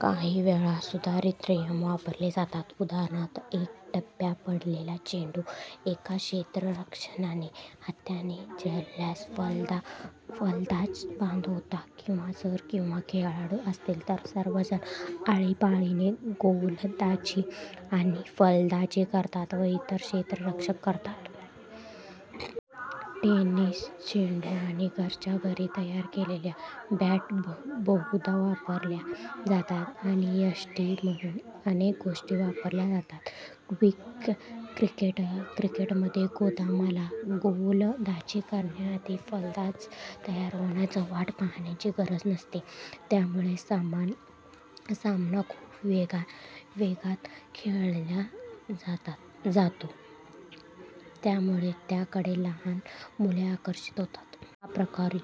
काही वेळा सुधारित नियम वापरले जातात: उदा. एक टप्पा पडलेला चेंडू एका क्षेत्ररक्षकाने हाताने झेलल्यास फलंदाज बाद होतो; किंवा जर कमी खेळाडू असतील तर सर्वजण आळीपाळीने गोलंदाजी आणि फलंदाजी करतात व इतर क्षेत्ररक्षण करतात. टेनिस चेंडू आणि घरच्या घरी तयार केलेल्या बॅट बहुधा वापरल्या जातात, आणि यष्टी म्हणून अनेक गोष्टी वापरल्या जातात. क्विक क्रिकेटमध्ये, गोलंदाजाला गोलंदाजी करण्याआधी फलंदाज तयार होण्याची वाट पाहण्याची गरज नसते, त्यामुळे सामना खूप वेगात खेळला जातो, त्यामुळे त्याकडे लहान मुले आकर्षित होतात. हा प्रकार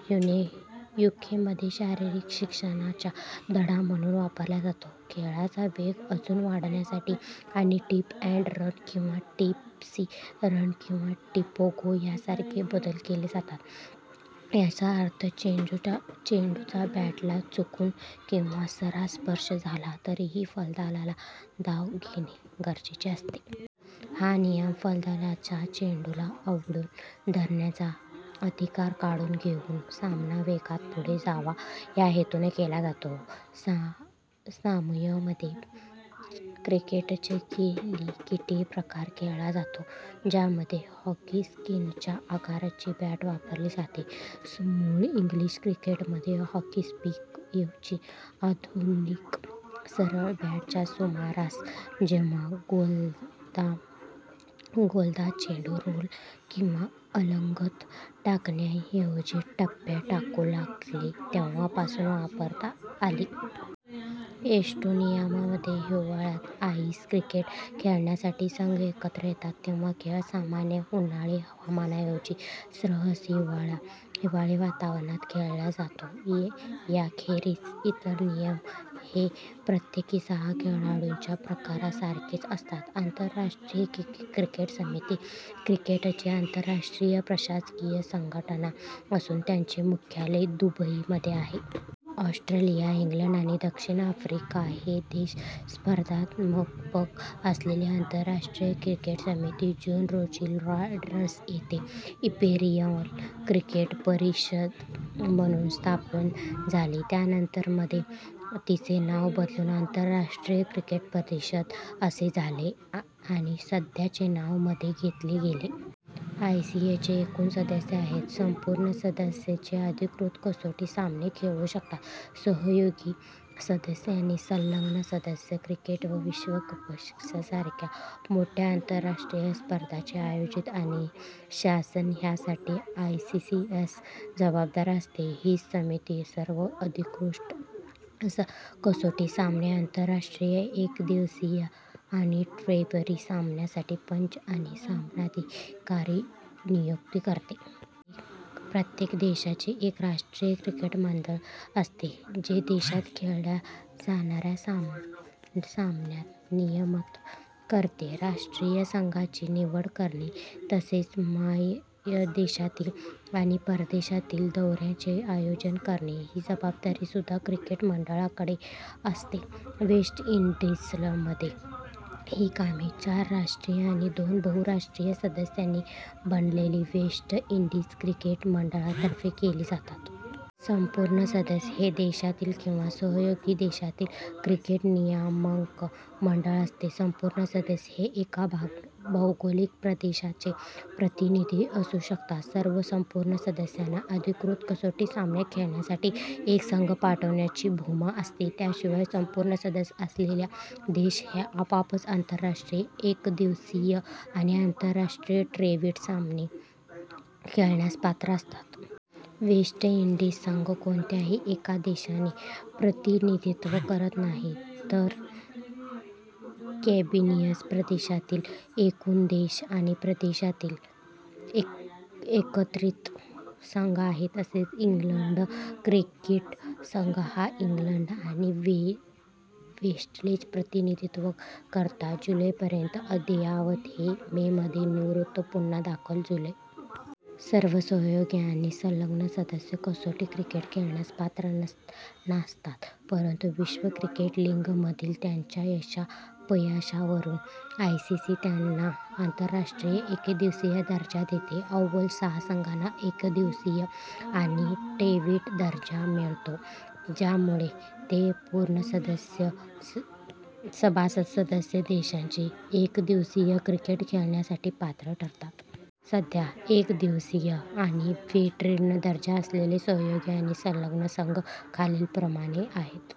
यूकेमध्ये शारीरिक शिक्षणाचा धडा म्हणून वापरला जातो. खेळाचा वेग अजून वाढविण्यासाठी आणि "टिप अँड रन" किंवा "टिप्सी रन" किंवा "टिप्पी-गो" यासारखे बदल केले जातात. याचा अर्थ चेंडूचा बॅटला चुकून किंवा जरासा स्पर्श झाला तरीही फलंदाजाला धाव घेणे गरजेचे असते. हा नियम, फलंदाजाचा चेंडूला अडवून धरण्याचा अधिकार काढून घेऊन सामना वेगात पुढे जावा या हेतूने केला जातो. सामोआमध्ये क्रिकेटचा किलीकिटी प्रकार खेळला जातो, ज्यामध्ये हॉकी स्टिकच्या आकाराची बॅट वापरली जाते. मूळ इंग्लिश क्रिकेटमध्ये, हॉकी स्टिकऐवजी आधूनिक सरळ बॅट च्या सुमारास जेव्हा गोलंदाज चेंडू रोल किंवा घरंगळत टाकण्याऐवजी टप्पा टाकू लागले तेव्हापासून वापरात आली. एस्टोनियामध्ये हिवाळ्यात आईस क्रिकेट खेळण्यासाठी संघ एकत्र येतात. तेव्हा खेळ सामान्य उन्हाळी हवामानाऐवजी असह्य हिवाळी वातावरणात खेळला जातो. याखेरीज इतर नियम हे प्रत्येकी-सहा-खेळाडूंच्या प्रकारासारखेच असतात. आंतरराष्ट्रीय क्रिकेट समिती क्रिकेटची आंतरराष्ट्रीय प्रशासकीय संघटना असून, त्याचे मुख्यालय दुबई मध्ये आहे. ऑस्ट्रेलिया, इंग्लंड आणि दक्षिण आफ्रिका हे देश संस्थापक असलेली आंतरराष्ट्रीय क्रिकेट समिती जून रोजी लॉर्ड्स येथे इंपेरियल क्रिकेट परिषद म्हणून स्थापन झाली, त्यानंतर मध्ये तिचे नाव बदलून आंतरराष्ट्रीय क्रिकेट परिषद असे झाले, आणि सध्याचे नाव मध्ये घेतले गेले. आयसीसीचे एकूण सदस्य आहेत: संपूर्ण सदस्य जे अधिकृत कसोटी सामने खेळू शकतात, सहयोगी सदस्य, आणि संलग्न सदस्य. क्रिकेट विश्वचषकासारख्या मोठ्या आंतरराष्ट्रीय स्पर्धांचे आयोजिन आणि शासन ह्यासाठी आयसीसीस जबाबदार असते. हीच समिती सर्व अधिकृत कसोटी सामने, आंतरराष्ट्रीय एकदिवसीय आणि ट्वेंटी सामन्यांसाठी पंच आणि सामनाधिकारी नियुक्त करते. प्रत्येक देशाची एक राष्ट्रीय क्रिकेट मंडळ असते, जे देशात खेळल्या जाणाऱ्या सामन्यांचे नियमन करते. राष्ट्रीय संघाची निवड करणे तसेच मायदेशातील आणि परदेशातील दौऱ्यांचे आयोजन करणे ही जबाबदारीसुद्धा क्रिकेट मंडळाकडे असते. वेस्ट इंडीजमध्ये ही कामे चार राष्ट्रीय आणि दोन बहुराष्ट्रीय सदस्यांनी बनलेल्या वेस्ट इंडीज क्रिकेट मंडळातर्फे केली जातात. संपूर्ण सदस्य हे देशातील किंवा सहयोगी देशातील क्रिकेट नियामक मंडळ असते. संपूर्ण सदस्य हे एका भौगोलिक प्रदेशाचे प्रतिनिधी असू शकतात. सर्व संपूर्ण सदस्यांना अधिकृत कसोटी सामने खेळण्यासाठी एक संघ पाठवण्याची मुभा असते. त्याशिवाय, संपूर्ण सदस्य असलेल्या देश हे आपोआपच आंतरराष्ट्रीय एकदिवसीय आणि आंतरराष्ट्रीय ट्वेंटी सामने खेळण्यास पात्र असतात. वेस्ट इंडीज संघ कोणत्याही एका देशाचे प्रतिनिधित्व करत नाही तर कॅरिबियन प्रदेशातील एकूण देश आणि प्रदेशांचा एकत्रित संघ आहे. तसेच इंग्लंड क्रिकेट संघ हा इंग्लंड आणि वेल्सचे प्रतिनिधित्व करतो. जुलै पर्यंत अद्ययावत मे मध्ये निवृत्त, पुन्हा दाखल जुलै. सर्व सहयोगी आणि संलग्न सदस्य कसोटी क्रिकेट खेळण्यास पात्र नासतात, परंतु विश्व क्रिकेट लीगमधील त्यांच्या यशापयशावरून आयसीसी त्यांना आंतरराष्ट्रीय एकदिवसीय दर्जा देते. अव्वल सहा संघांना एकदिवसीय आणि ट्वेंटी दर्जा मिळतो, ज्यामुळे ते पूर्ण सभासद सदस्य देशांशी एकदिवसीय क्रिकेट खेळण्यासाठी पात्र ठरतात. सध्या एकदिवसीय आणि ट्वेंटी दर्जा असलेले सहयोगी आणि संलग्न संघ खालीलप्रमाणे आहेत.